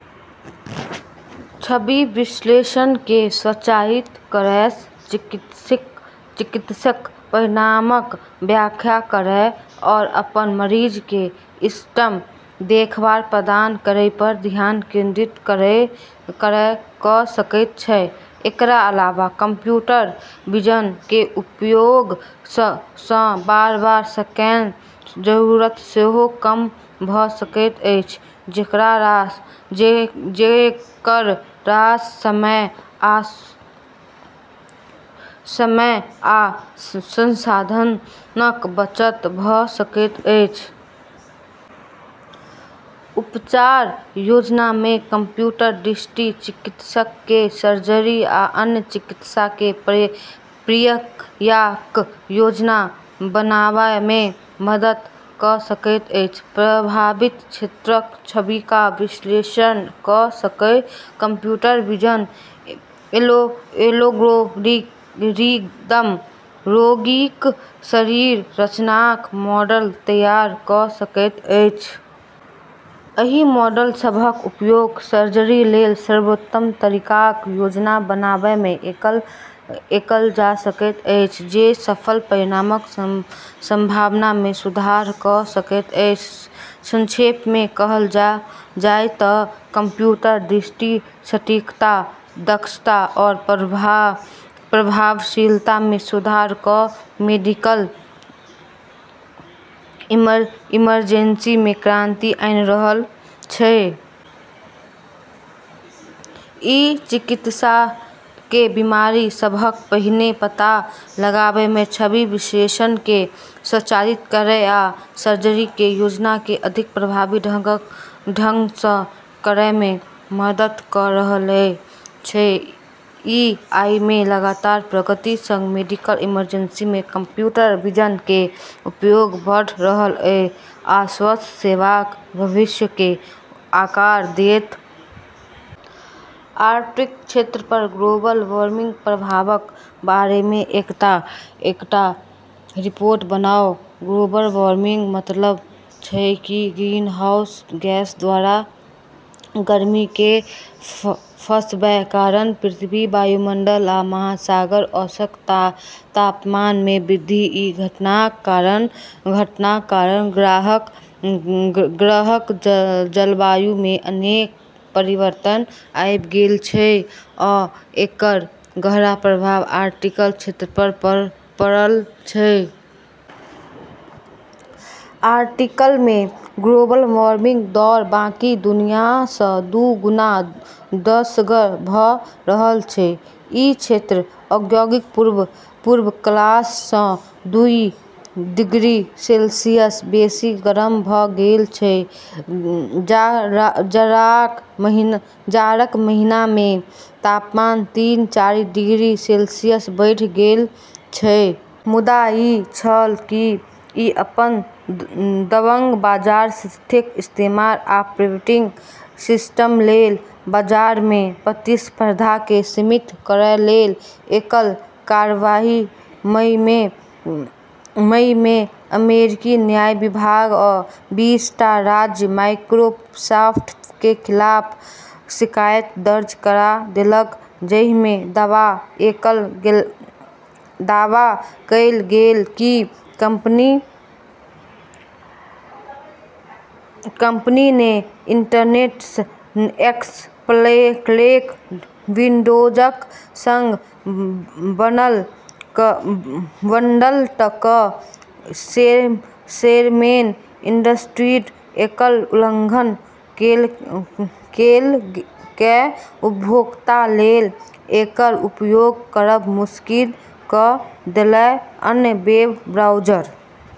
छवि विश्लेषणकेँ स्वचालित करैसँ चिकित्सक परिणामक व्याख्या करै आ अपन मरीजकेँ इष्टतम देखभाल प्रदान करैपर ध्यान केंद्रित कऽ सकैत छै। एकरा अलावा कंप्यूटर विजन के उपयोगसँ बार-बार स्कैनक जरूरत सेहो कम भऽ सकैत अछि, जेकरासँ समय आ संसाधनक बचत भऽ सकैत अछि। उपचार योजनामे कंप्यूटर दृष्टि चिकित्सककेँ सर्जरी आ अन्य चिकित्सा प्रक्रियाक योजना बनाबैमे मदद कऽ सकैत छै। प्रभावित क्षेत्रक छविका विश्लेषण कऽ कऽ कंप्यूटर विजन एल्गोरिदम रोगीक शरीर रचनाक मॉडल तैयार कऽ सकैत अछि। एहि मॉडल सभक उपयोग सर्जरीलेल सर्वोत्तम तरीकाक योजना बनाबैमे कएल जा सकैत अछि, जे सफल परिणामक संभावनामे सुधार कऽ सकैत अछि। संक्षेपमे कहल जाय तँ कंप्यूटर दृष्टि सटीकता, दक्षता आ प्रभावशीलतामे सुधार कऽ कऽ मेडिकल इमेजिंगमे क्रांति आनि रहल छै। ई चिकित्सककेँ बीमारी सभक पहिने पता लगाबै, छवि विश्लेषणकेँ स्वचालित करै, आ सर्जरीक योजनाकेँ अधिक प्रभावी ढंगसँ करैमे मदद कऽ रहल छै। एआईमे लगातार प्रगति संग मेडिकल इमेजिंगमे कंप्यूटर विजन के उपयोग बढ़ैत रहत आ स्वास्थ्य सेवाक भविष्यकेँ आकार देत। आर्कटिक क्षेत्रपर ग्लोबल वार्मिंगक प्रभावक बारेमे एकटा रिपोर्ट बनाउ। ग्लोबल वार्मिंगक मतलब छै कि ग्रीनहाउस गैसद्वारा गर्मीकेँ फँसबै कारण पृथ्वीक वायुमंडल आ महासागरक औसत तापमानमे वृद्धि। ई घटनाक कारण ग्रहक जलवायुमे अनेक परिवर्तन आबि गेल छै आ एकर गहरा प्रभाव आर्कटिक क्षेत्रपर पड़ल छै। आर्कटिकमे ग्लोबल वार्मिंगक दौर बाकी दुनियासँ दू गुना दरसँ भऽ रहल छै। ई क्षेत्र औद्योगिक पूर्व कालसँ दुई डिग्री सेल्सियससँ बेसी गरम भऽ गेल छै, जाड़ाक महीनामे तापमान तीन चारि डिग्री सेल्सियसधरि बढ़ि गेल छै। मुद्दा ई छल कि ई अपन दबंग बाजार स्थितिक इस्तेमाल ऑपरेटिंग सिस्टमलेल बाजारमे प्रतिस्पर्धाकेँ सीमित करैलेल केलक। कार्यवाही मईमे अमेरिकी न्याय विभाग आ बीस टा राज्य माइक्रोसॉफ्टक खिलाफ शिकायत दर्ज करा देलकै, जाहिमे दावा कएल गेलै कि कंपनीने इंटरनेट एक्सप्लोररकेँ विंडोजक संग बंडल कऽ कऽ शेरमेन एंटीट्रस्ट एक्टक उल्लंघन केलकै आ उपभोक्तालेल एकर उपयोग करब मुश्किल कऽ देलकै अन्य वेब ब्राउज़र।